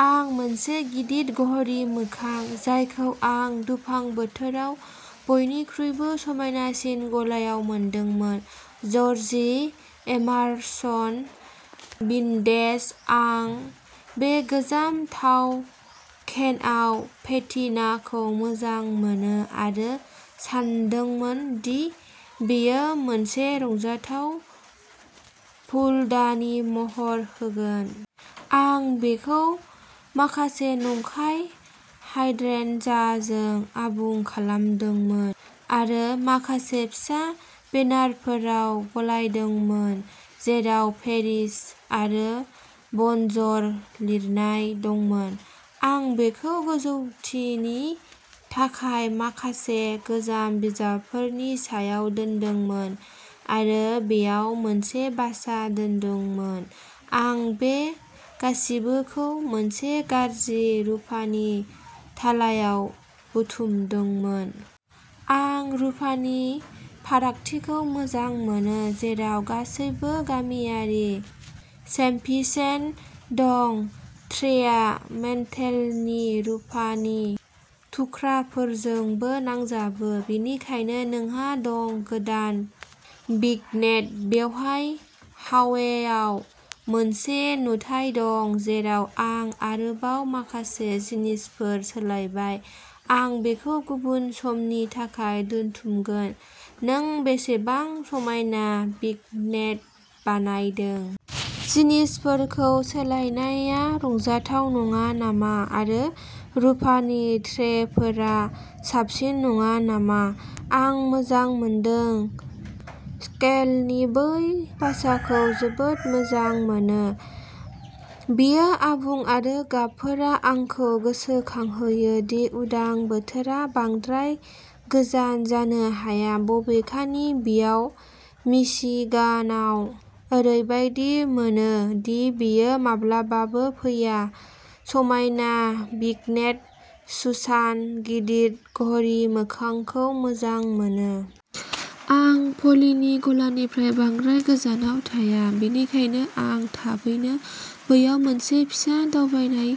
आं मोनसे गिदिर घरि मोखां, जायखौ आं दुफां बोथोराव बयनिख्रुइबो समायनासिन गलायाव मोनदोंमोन, जर्जि एमारसन भिन्टेज। आं बे गोजाम थाव केनआव पेटिनाखौ मोजां मोनो आरो सानदोंमोन दि बेयो मोनसे रंजाथाव फुलदानि महर होगोन। आं बेखौ माखासे नंखाय हाइड्रेन्जाजों आबुं खालामदोंमोन आरो माखासे फिसा बेनारफोराव गलायदोंमोन जेराव पेरिस आरो बनजर' लिरनाय दंमोन। आं बेखौ गोजौथिनि थाखाय माखासे गोजाम बिजाबफोरनि सायाव दोनदोंमोन आरो बेयाव मोनसे बासा दोनदोंमोन। आं बे गासिबोखौ मोनसे गाज्रि रुफानि थालायाव बुथुमदोंमोन। आं रुफानि फारागथिखौ मोजां मोनो, जेराव गासैबो गामियारि सिप्पिनेस दं। ट्रेआ मेन्टेलनि रुफानि थुख्राफोरजोंबो नांजाबो। बेनिखायनो नोंहा दं गोदान भिग्नेट। बेवहाय हलवेयाव मोनसे नुथाइ दं, जेराव आं आरोबाव माखासे जिनिसफोर सोलायबाय। आं बेखौ गुबुन समनि थाखाय दोनथुमगोन नों बेसेबां समायना भिग्नेट बानायदों। जिनिसफोरखौ सोलायनाया रंजाथाव नङा नामा आरो रुफानि ट्रेफोरा साबसिन नङा नामा? आं मोजां मोनदों। स्केलनि बै बासाखौ जोबोद मोजां मोनो। बेयो आबुं आरो गाबफोरा आंखौ गोसोखांहोयो दि उदां बोथोरा बांद्राय गोजान जानो हाया, बबेखानि बेयाव मिशिगानाव ओरैबायदि मोनो दि बेयो माब्लाबाबो फैया समायना भिग्नेट, सुसान गिदिर घरि मोखांखौ मोजां मोनो। आं पलिनि गलानिफ्राय बांद्राय गोजानाव थाया, बेनिखायनो आं थाबैनो बैयाव मोनसे फिसा दावबायनाय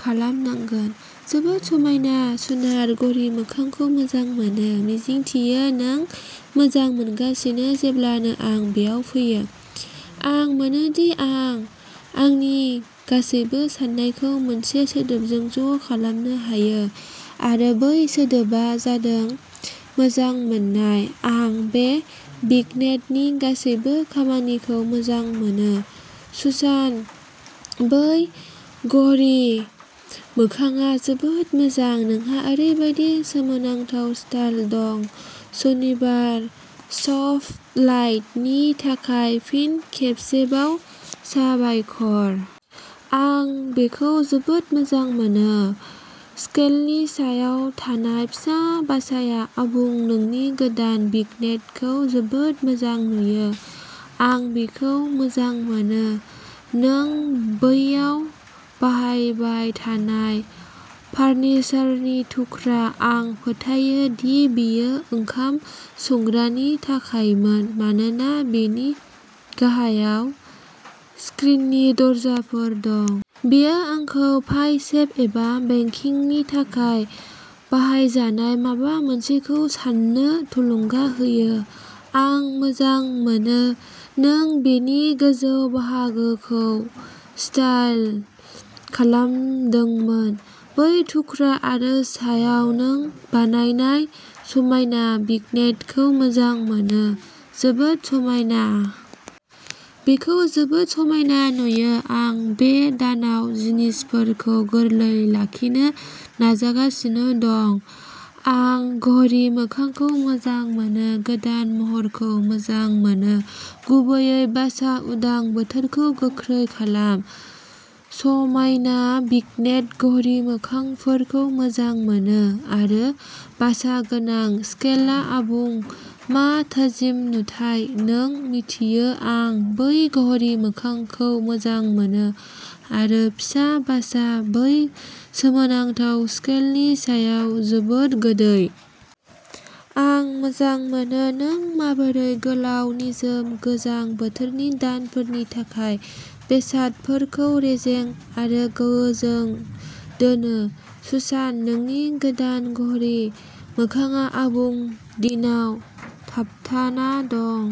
खालामनांगोन जोबोद समायना, सुसान घरि मोखांखौ मोजां मोनो मिजिंथियो नों मोजां मोनगासिनो जेब्लानो आं बेयाव फैयो, आं मोनो दि आं आंनि गासैबो साननायखौ मोनसे सोदोबजों ज' खालामनो हायो आरो बै सोदोबआ जादों मोजां मोननाय आं बे भिग्नेटनि गासैबो खामानिखौ मोजां मोनो, सुसान बै घरि मोखांआ जोबोद मोजां नोंहा ओरैबायदि सोमोनांथाव स्टाइल दं सनिबार स्पटलाइटनि थाखाय फिन खेबसेबाव साबायखर। आं बेखौ जोबोद मोजां मोनो स्केलनि सायाव थानाय फिसा बासाया आबुं नोंनि गोदान भिग्नेटखौ जोबोद मोजां नुयो आं बेखौ मोजां मोनो। नों बैयाव बाहायबाय थानाय फार्निचारनि थुख्रा। आं फोथायो दि बेयो ओंखाम संग्रानि थाखायमोन, मानोना बेनि गाहायाव स्क्रिननि दरजाफोर दं। बेयो आंखौ पाइ सेफ एबा बेकिंगनि थाखाय बाहायजानाय माबा मोनसेखौ सान्नो थुलुंगा होयो। आं मोजां मोनो नों बेनि गोजौ बाहागोखौबो स्टाइल खालामदोंमोन। बै थुख्रा आरो सायाव नों बानायनाय समायना भिग्नेटखौ मोजां मोनो। जोबोद समायना। बेखौ जोबोद समायना नुयो। आं बे दानाव जिनिसफोरखौ गोरलै लाखिनो नाजागासिनो दं। आं घरि मोखांखौ मोजां मोनो गोदान महरखौ मोजां मोनो, गुबैयै बासा उदां बोथोरखौ गोख्रै खालाम समायना भिग्नेट घरि मोखांफोरखौ मोजां मोनो आरो बासा गोनां स्केलआ आबुं मा थाजिम नुथाय नों मिन्थियो आं बै घरि मोखांखौ मोजां मोनो आरो फिसा बासा बै सोमोनांथाव स्केलनि सायाव जोबोद गोदै। आं मोजां मोनो नों माबोरै गोलाव निजोम गोजां बोथोरनि दानफोरनि थाखाय बेसादफोरखौ रेजें आरो गोजों दोनो, सुसान। नोंनि गोदान घरि मोखांआ आबुं दिनाव थाबथाना दं।